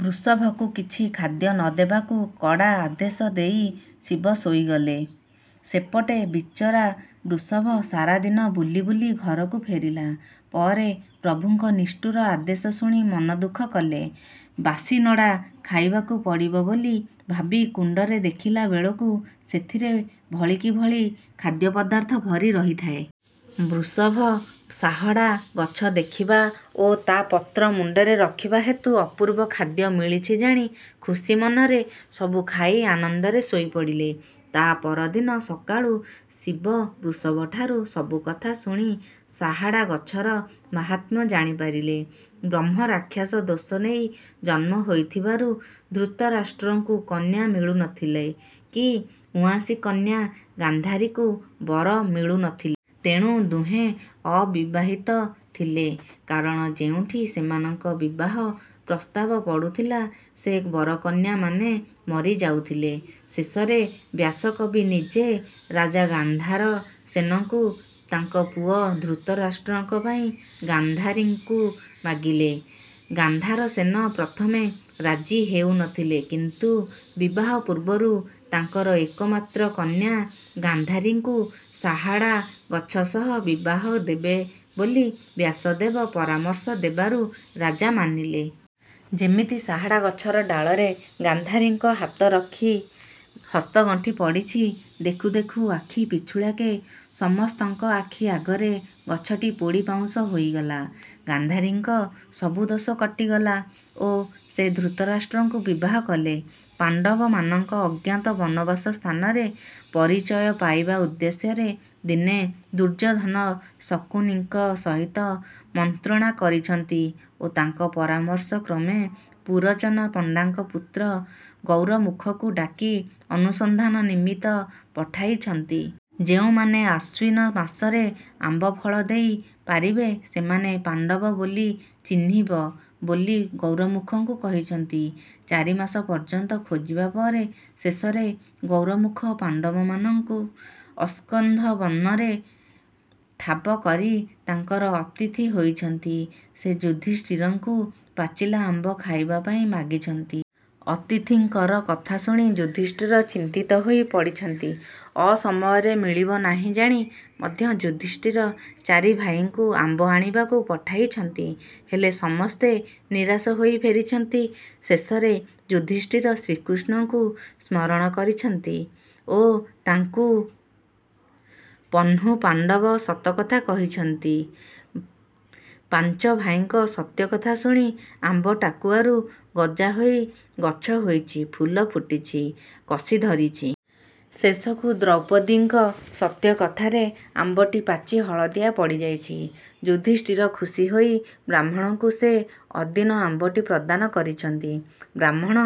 ବୃଷଭକୁ କିଛି ଖାଦ୍ୟ ନ ଦେବାକୁ କଡା ଆଦେଶ ଦେଇ ଶିବ ଶୋଇଗଲେ। ସେପଟେ ବିଚରା ବୃଷଭ ସାରାଦିନ ବୁଲି ବୁଲି ଘରକୁ ଫେରିଲା ପରେ ପ୍ରଭୁଙ୍କ ନିଷ୍ଠୁର ଆଦେଶ ଶୁଣି ମନଦୁଃଖ କଲେ। ବାସିନଡା ଖାଇବାକୁ ପଡିବ ବୋଲି ଭାବି କୁଣ୍ଡରେ ଦେଖିଲା ବେଳକୁ ସେଥିରେ ଭଳିକି ଭଳି ଖାଦ୍ୟପଦାର୍ଥ ଭରି ରହିଥାଏ। ବୃଷଭ ଶାହଡ଼ା ଗଛ ଦେଖିବା ଓ ତା ପତ୍ରମୁଣ୍ଡରେ ରଖିବା ହେତୁ ଅପୁର୍ବ ଖାଦ୍ୟ ମିଳିଛି ଜାଣି ଖୁସି ମନରେ ସବୁ ଖାଇ ଆନନ୍ଦରେ ଶୋଇ ପଡିଲେ। ତା ପରଦିନ ସକାଳୁ ଶିବ ବୃଷଭଠାରୁ ସବୁ କଥା ଶୁଣି ଶାହାଡ଼ାଗଛର ମାହାତ୍ମ୍ୟ ଜାଣିପାରିଲେ। ବ୍ରହ୍ମରାକ୍ଷସ ଦୋଷ ନେଇ ଜନ୍ମ ହୋଇଥିବାରୁ ଧୃତରାଷ୍ଟ୍ରଙ୍କୁ କନ୍ୟା ମିଳୁନଥିଲେ କି ଉଆଁସୀ କନ୍ୟା ଗାନ୍ଧାରୀଙ୍କୁ ବର ମିଳୁନଥିଲେ। ତେଣୁ ଦୁହେଁ ଅବିବାହିତ ଥିଲେ କାରଣ ଯେଉଁଠି ସେମାନଙ୍କ ବିବାହ ପ୍ରସ୍ତାବ ପଡୁଥିଲା, ସେ ବରକନ୍ୟାମାନେ ମରିଯାଉଥିଲେ। ଶେଷରେ ବ୍ୟାସକବି ନିଜେ ରାଜା ଗାନ୍ଧାରସେନଙ୍କୁ ତାଙ୍କ ପୁଅ ଧୃତରାଷ୍ଟ୍ରଙ୍କ ପାଇଁ ଗାନ୍ଧାରୀଙ୍କୁ ମାଗିଲେ। ଗାନ୍ଧାରସେନ ପ୍ରଥମେ ରାଜି ହେଉ ନଥିଲେ, କିନ୍ତୁ ବିବାହ ପୁର୍ବରୁ ତାଙ୍କର ଏକମାତ୍ର କନ୍ୟା ଗାନ୍ଧାରୀଙ୍କୁ ଶାହାଡ଼ାଗଛ ସହ ବିବାହ ଦେବେ ବୋଲି ବ୍ୟାସଦେବ ପରାମର୍ଶ ଦେବାରୁ ରାଜା ମାନିଲେ। ଯେମିତି ଶାହାଡ଼ାଗଛର ଡାଳରେ ଗାନ୍ଧାରୀଙ୍କ ହାତ ରଖି ହସ୍ତଗଣ୍ଠି ପଡିଛି, ଦେଖୁ ଦେଖୁ ଆଖିପିଛୁଳାକେ ସମସ୍ତଙ୍କ ଆଖି ଆଗରେ ଗଛଟି ପୋଡ଼ି ପାଉଁଶ ହୋଇଗଲା। ଗାନ୍ଧାରୀଙ୍କ ସବୁ ଦୋଷ କଟିଗଲା ଓ ସେ ଧୃତରାଷ୍ଟ୍ରଙ୍କୁ ବିବାହ କଲେ। ପାଣ୍ଡବମାନଙ୍କ ଅଜ୍ଞାତ ବନବାସ ସ୍ଥାନର ପରିଚୟ ପାଇବା ଉଦ୍ଦେଶ୍ୟରେ ଦିନେ ଦୁର୍ଯୋଧନ ଶକୁନିଙ୍କ ସହିତ ମନ୍ତ୍ରଣା କରିଛନ୍ତି ଓ ତାଙ୍କ ପରାମର୍ଶକ୍ରମେ ପୁରଚନ ପଣ୍ଡାଙ୍କ ପୁତ୍ର ଗୌରମୁଖକୁ ଡାକି ଅନୁସନ୍ଧାନ ନିମିତ୍ତ ପଠାଇଛନ୍ତି। ଯେଉଁମାନେ ଆଶ୍ୱିନ ମାସରେ ଆମ୍ବଫଳ ଦେଇ ପାରିବେ, ସେମାନେ ପାଣ୍ଡବ ବୋଲି ଚିହ୍ନିବ ବୋଲି ଗୌରମୁଖଙ୍କୁ କହିଛନ୍ତି। ଚାରିମାସ ପର୍ଯନ୍ତ ଖୋଜିବା ପରେ ଶେଷରେ ଗୌରମୁଖ ପାଣ୍ଡବମାନଙ୍କୁ ଅସ୍କନ୍ଧ ବନରେ ଠାବ କରି ତାଙ୍କର ଅତିଥି ହୋଇଛନ୍ତି। ସେ ଯୁଧିଷ୍ଠିରଙ୍କୁ ପାଚିଲା ଆମ୍ବ ଖାଇବା ପାଇଁ ମାଗିଛନ୍ତି। ଅତିଥିଙ୍କର କଥା ଶୁଣି ଯୁଧିଷ୍ଠିର ଚିନ୍ତିତ ହୋଇ ପଡିଛନ୍ତି। ଅସମୟରେ ମିଳିବନାହିଁ ଜାଣି ମଧ୍ୟ ଯୁଧିଷ୍ଠିର ଚାରିଭାଇଙ୍କୁ ଆମ୍ବ ଆଣିବାକୁ ପଠାଇଛନ୍ତି ହେଲେ ସମସ୍ତେ ନିରାଶ ହୋଇ ଫେରିଛନ୍ତି। ଶେଷରେ ଯୁଧିଷ୍ଠିର ଶ୍ରୀକୃଷ୍ନଙ୍କୁ ସ୍ମରଣ କରିଛନ୍ତି ଓ ତାଙ୍କୁ ପନ୍ହୁପାଣ୍ଡବ ସତକଥା କହିଛନ୍ତି। ପାଙ୍ଚଭାଇଙ୍କ ସତ୍ୟକଥା ଶୁଣି ଆମ୍ବ ଟାକୁଆରୁ ଗଜା ହୋଇ ଗଛ ହୋଇଛି, ଫୁଲ ଫୁଟିଛି, କଷି ଧରିଛି। ଶେଷକୁ ଦ୍ରୌପଦୀଙ୍କ ସତ୍ୟକଥାରେ ଆମ୍ବଟି ପାଚି ହଳଦିଆ ପଡିଯାଇଛି। ଯୁଧିଷ୍ଠିର ଖୁସି ହୋଇ ବ୍ରାହ୍ମଣଙ୍କୁ ସେ ଅଦିନ ଆମ୍ବଟି ପ୍ରଦାନ କରିଛନ୍ତି। ବ୍ରାହ୍ମଣ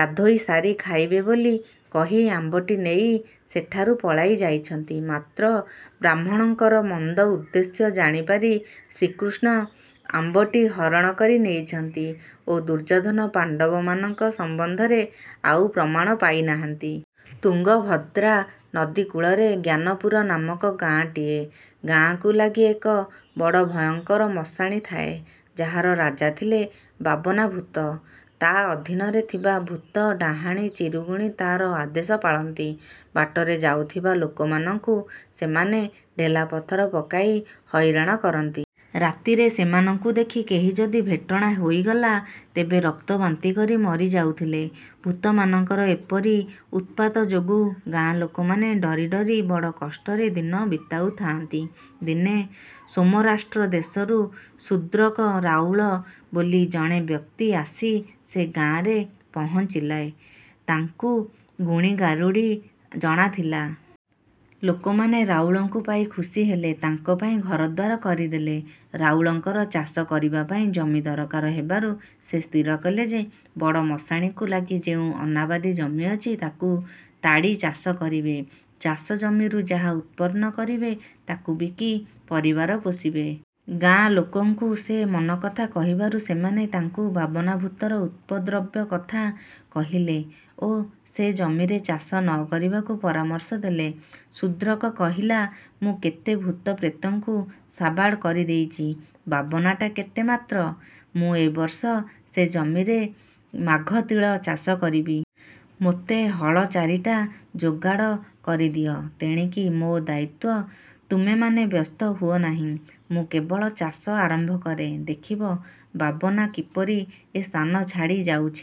ଗଧୋଇସାରି ଖାଇବେ ବୋଲି କହି ଆମ୍ବଟି ନେଇ ସେଠାରୁ ପଳାଇ ଯାଇଛନ୍ତି। ମାତ୍ର ବ୍ରାହ୍ମଣଙ୍କର ମନ୍ଦ ଉଦ୍ଦେଶ୍ୟ ଜାଣିପାରି ଶ୍ରୀକୃଷ୍ନ ଆମ୍ବଟି ହରଣ କରି ନେଇଛନ୍ତି ଓ ଦୁର୍ଯୋଧନ ପାଣ୍ଡବମାନଙ୍କ ସମ୍ବନ୍ଧରେ ଆଉ ପ୍ରମାଣ ପାଇନାହାନ୍ତି। ତୁଙ୍ଗଭଦ୍ରା ନଦୀ କୁଳରେ ଜ୍ଞାନପୁର ନାମକ ଗାଁଟିଏ। ଗାଁକୁ ଲାଗି ଏକ ବଡ଼ ଭୟଙ୍କର ମଶାଣୀ ଥାଏ, ଯାହାର ରାଜା ଥିଲା ବାବନାଭୁତ। ତା ଅଧୀନରେ ଥିବା ଭୁତ, ଡାହାଣୀ, ଚିରୁଗୁଣୀ ତାର ଆଦେଶ ପାଳନ୍ତି। ବାଟରେ ଯାଉଥିବା ଲୋକମାନଙ୍କୁ ସେମାନେ ଢେଲାପଥର ପକାଇ ହଇରାଣ କରନ୍ତି। ରାତିରେ ସେମାନଙ୍କୁ ଦେଖି କେହି ଯଦି ଭେଟଣା ହୋଇଗଲା, ତେବେ ରକ୍ତବାନ୍ତି କରି ମରି ଯାଉଥିଲା। ଭୁତମାନଙ୍କର ଏପରି ଉତ୍ପାତଯୋଗୁ ଗାଁ ଲୋକମାନେ ଡରିଡରି ବଡ଼ କଷ୍ଟରେ ଦିନ ବିତାଉଥାନ୍ତି। ଦିନେ ସୋମରାଷ୍ଟ୍ର ଦେଶରୁ ଶୁଦ୍ରକ ରାଉଳ ବୋଲି ଜଣେ ବ୍ୟକ୍ତି ଆସି ସେ ଗାଁରେ ପହଙ୍ଚିଲେ, ତାଙ୍କୁ ଗୁଣି ଗାରୁଡି ଜଣାଥିଲା। ଲୋକମାନେ ରାଉଳଙ୍କୁ ପାଇ ଖୁସି ହେଲେ, ତାଙ୍କପାଇଁ ଘରଦ୍ୱାର କରିଦେଲେ। ରାଉଳଙ୍କର ଚାଷ କରିବାପାଇଁ ଜମି ଦରକାର ହେବାରୁ ସେ ସ୍ଥିର କଲେ ଯେ ବଡ଼ ମଶାଣୀକୁ ଲାଗି ଯେଉଁ ଅନାବାଦୀ ଜମି ଅଛି, ତାକୁ ତାଡି ଚାଷ କରିବେ। ଚାଷଜମିରୁ ଯାହା ଉତ୍ପନ୍ନ କରିବେ ତାକୁ ବିକି ପରିବାର ପୋଷିବେ। ଗାଁଲୋକଙ୍କୁ ସେ ମନକଥା କହିବାରୁ ସେମାନେ ତାଙ୍କୁ ବାବନାଭୁତର ଉପଦ୍ରବ କଥା କହିଲେ ଓ ସେ ଜମିରେ ଚାଷ ନ କରିବାକୁ ପରାମର୍ଶ ଦେଲେ। ଶୁଦ୍ରକ କହିଲା "ମୁଁ କେତେ ଭୁତ ପ୍ରେତଙ୍କୁ ସାବାଡ଼ କରିଦେଇଚି, ବାବନାଟା କେତେ ମାତ୍ର! ମୁଁ ଏବର୍ଷ ସେ ଜମିରେ ମାଘତିଳ ଚାଷ କରିବି। ମୋତେ ହଳ ଚାରିଟା ଯୋଗାଡ଼ କରିଦିଅ। ତେଣିକି ମୋ ଦାୟିତ୍ୱ। ତୁମେମାନେ ବ୍ୟସ୍ତ ହୁଅନାହିଁ। ମୁଁ କେବଳ ଚାଷ ଆରମ୍ଭ କରେ, ଦେଖିବ ବାବନା କିପରି ଏ ସ୍ଥାନ ଛାଡ଼ିଯାଉଛି।